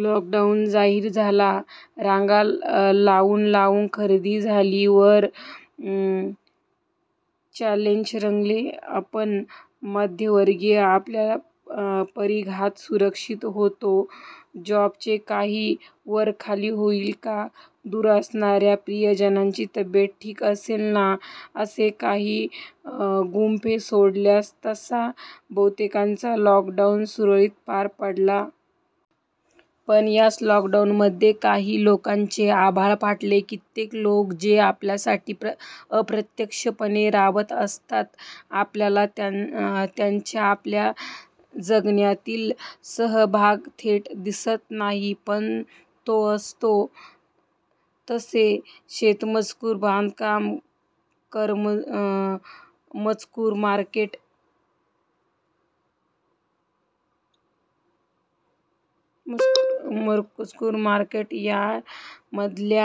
Lockdown जाहीर झाला, रांगा लावून लावून खरेदी झाली, वर चॅलेंज रंगले, आपण मध्यमवर्गीय आपापल्या परिघात सुरक्षित होतो, जॉब चे काही वरखाली होईल का?, दूर असणाऱ्या प्रियजनांची तब्येत ठीक असेल ना? असे काही भुंगे सोडल्यास तसा बहुतेकांचा लॉक डाऊन सुरळीत पार पडला. पण याच लॉक डाऊन मध्ये काही लोकांचे आभाळ फाटले, कित्येक लोक, जे आपल्यासाठी अप्रत्यक्ष पणे राबत असतात, आपल्याला त्यांचा आपल्या जगण्यातील सहभाग थेट दिसत नाही पण तो असतो, जसे शेतमजूर, बांधकाम मजूर, मार्केट यार्ड मधले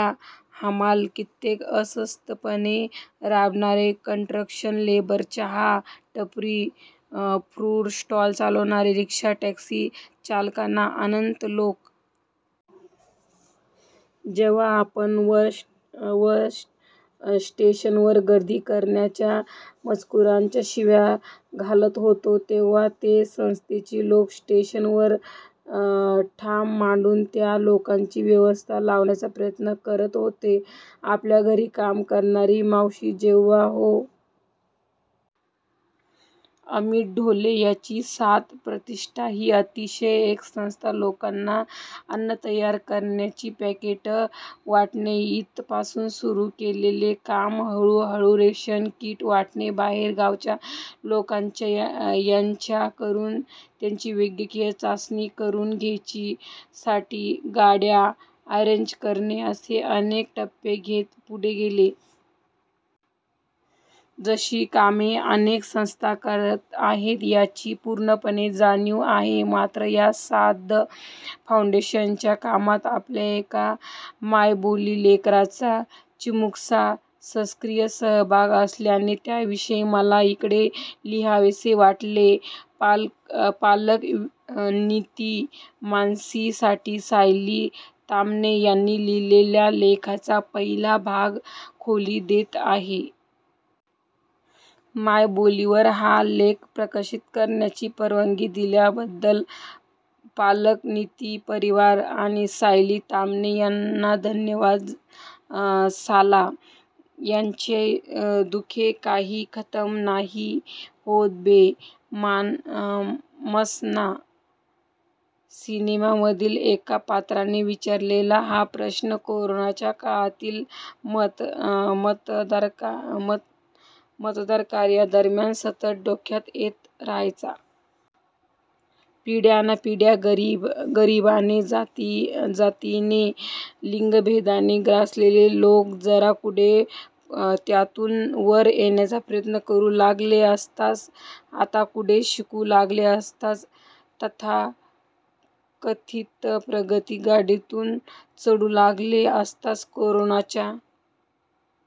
हमाल, कित्येक अस्थापनांमध्ये राबणारे कॉन्ट्रॅक्ट लेबर, चहा, टपरी, फूड स्टॉल चालवणारे, रिक्षा, टॅक्सी चालक अनंत लोक. जेव्हा आपण वर स्टेशन वर गर्दी करणाऱ्या मजुरांना शिव्या घालत होतो, तेव्हा हे संस्थेची लोक स्टेशन वर ठाण मांडून त्या लोकांची व्यवस्था लावायचा प्रयत्न करत होते. आपल्या घरी काम करणारी मावशी जेव्हा "हो, अमित ढोले यांची साद प्रतिष्ठान ही अशीच एक संस्था, लोकांना तयार अन्नाची पॅकेट्स वाटणे, इथपासून सुरू केलेले काम, हळू-हळू रेशन किट वाटणे, बाहेर गावच्या लोकांच्या याद्या करून, त्यांची वैद्यकीय चाचणी करून, त्यांच्या साठी गाड्या अरेंज करणे असे अनेक टप्पे घेत पुढे गेले. अशी कामे अनेक संस्था करत आहेत याची पूर्णपणे जाणीव आहे. मात्र या साद फाउंडेशन च्या कामात आपल्या एका मायबोलीकराचा, चिनुक्सचा सक्रिय सहभाग असल्याने त्या विषयी मला इकडे लिहावेसे वाटले. पालकनिती मासिका साठी सायली तामाणे यांनी लिहिलेल्या लेखाचा पहिला भाग खाली देत आहे. मायबोली वर हा लेख प्रकाशित करायची परवानगी दिल्या बद्दल पालकनिती परिवार आणि सायली तामाणे यांना धन्यवाद. साला ये दुख काहे खतम नही होता बे? ' मसान सिनेमामधील एका पात्राने विचारलेला हा प्रश्न कोरोनाच्या काळातील मदतकार्यादरम्यान सतत डोक्यात येत राहायचा. पिढ्यानपिढ्या गरिबीने, जातीयतेने, लिंगभेदाने ग्रासलेले लोक जरा कुठे त्यातून वर येण्याचा प्रयत्न करू लागले असताना, आता कुठे शिकू लागले असताना, तथाकथित प्रगतीच्या गाडीत चढू लागले असताना कोरोनाच्या--